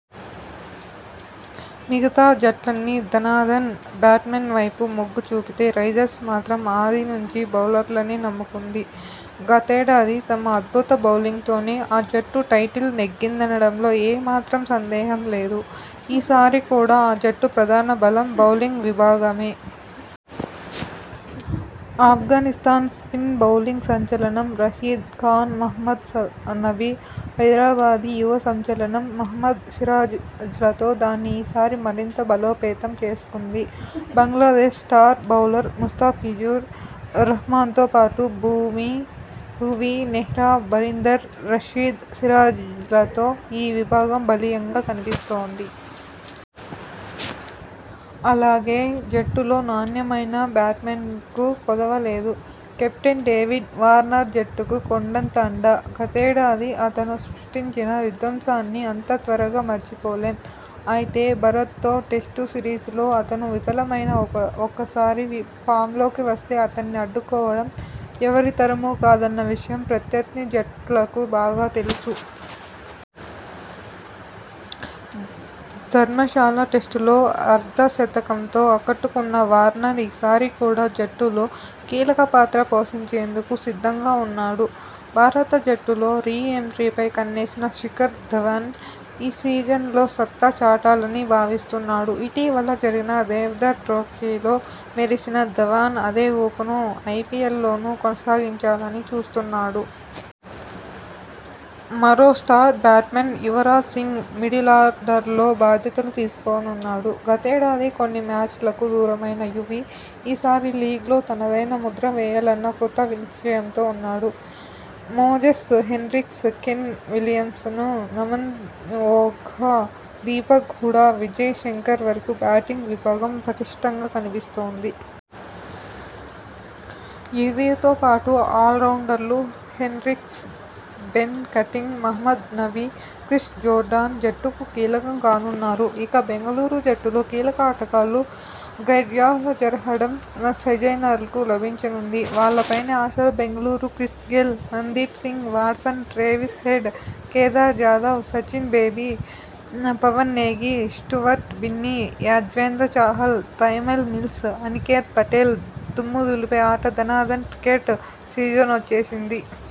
మిగతా జట్లన్నీ ధనాధన్ బ్యాట్స్మెన్ వైపు మొగ్గు చూపితే రైజర్స్ మాత్రం ఆది నుంచి బౌలర్లనే నమ్ముకుంది. గతేడాది తమ అద్భుత బౌలింగ్తోనే ఆ జట్టు టైటిల్ నెగ్గిందనడంలో ఏ మాత్రం సందేహం లేదు. ఈ సారి కూడా ఆ జట్టు ప్రధాన బలం బౌలింగ్ విభాగమే. అఫ్ఘానిస్థాన్ స్పిన్ బౌలింగ్ సంచలనం రషీద్ ఖాన్, మహమ్మద్ నబీ, హైదరాబాదీ యువ సంచలనం మహ్మద్ సిరాజ్లతో దాన్ని ఈ సారి మరింత బలోపేతం చేసుకుంది. బంగ్లాదేశ్ స్టార్ బౌలర్ ముస్తాఫిజుర్ రహ్మాన్తో పాటు భువీ, నెహ్రా, బరీందర్, రషీద్, సిరాజ్లతో ఈ విభాగం బలీయంగా కనిపిస్తోంది. అలాగే, జట్టులో నాణ్యమైన బ్యాట్స్మెన్కూ కొదవ లేదు. కెప్టెన్ డేవిడ్ వార్నర్ జట్టుకు కొండంత అండ. గతేడాది అతను సృష్టించిన విధ్వంసాన్ని అంత త్వరగా మరిచిపోలేం. అయితే, భారత్తో టెస్టు సిరీస్ లో అతను విఫలమైనా ఒక్క ఒక్కసారి విప్ ఫామ్లోకి వస్తే అతణ్ణి అడ్డుకోవడం ఎవరితరమూ కాదన్న విషయం ప్రత్యర్థి జట్లకు బాగా తెలుసు. ధర్మశాల టెస్టులో అర్ధ శతకంతో ఆకట్టుకున్న వార్నర్ ఈ సారి కూడా జట్టులో కీలక పాత్ర పోషించేందుకు సిద్ధంగా ఉన్నాడు. భారత జట్టులో రీ ఎంట్రీపై కన్నేసిన శిఖర్ ధవన్ ఈ సీజన్లో సత్తా చాటాలని భావిస్తున్నాడు. ఇటీవల జరిగిన దేవ్ధర్ ట్రోఫీలో మెరిసిన ధవన్ అదే ఊపును ఐపీఎల్లోనూ కొనసాగించాలని చూస్తున్నాడు. మరో స్టార్ బ్యాట్స్మన్ యువరాజ్ సింగ్ మిడిలార్డర్లో బాధ్యతలు తీసుకోనున్నాడు. గతేడాది కొన్ని మ్యాచ్లకు దూరమైన యువీ. ఈ సారి లీగ్లో తనదైన ముద్ర వేయాలన్న కృత నిశ్చయంతో ఉన్నాడు. Moses Henriques, Kane Williamson, Naman Ojha, Deepak Hooda, Vijay Shankar వరకూ బ్యాటింగ్ విభాగం పటిష్టంగా కనిపిస్తోంది. యువీతో పాటు ఆల్రౌండర్లు Henriques, Ben Cutting, Mohammad Nabi, Chris Jordan జట్టుకు కీలకం కానున్నారు. ఇక, బెంగళూరు జట్టులో కీలక ఆటగాళ్లు గైర్హాజరవడం సన్రైజర్స్కు లభించనుంది. వాళ్లపైనే ఆశలు Bengaluru Chris Gayle, Mandeep Singh, Watson, Travis Head, Kedar Jadhav, Sachin Baby, Pawan Negi, Stuart Binny, Yuzvendra Chahal, Tymal Mills, Aniket Patel దుమ్ముదులిపే ఆట ధనాధన్ క్రికెట్ సీజనొచ్చేసింది.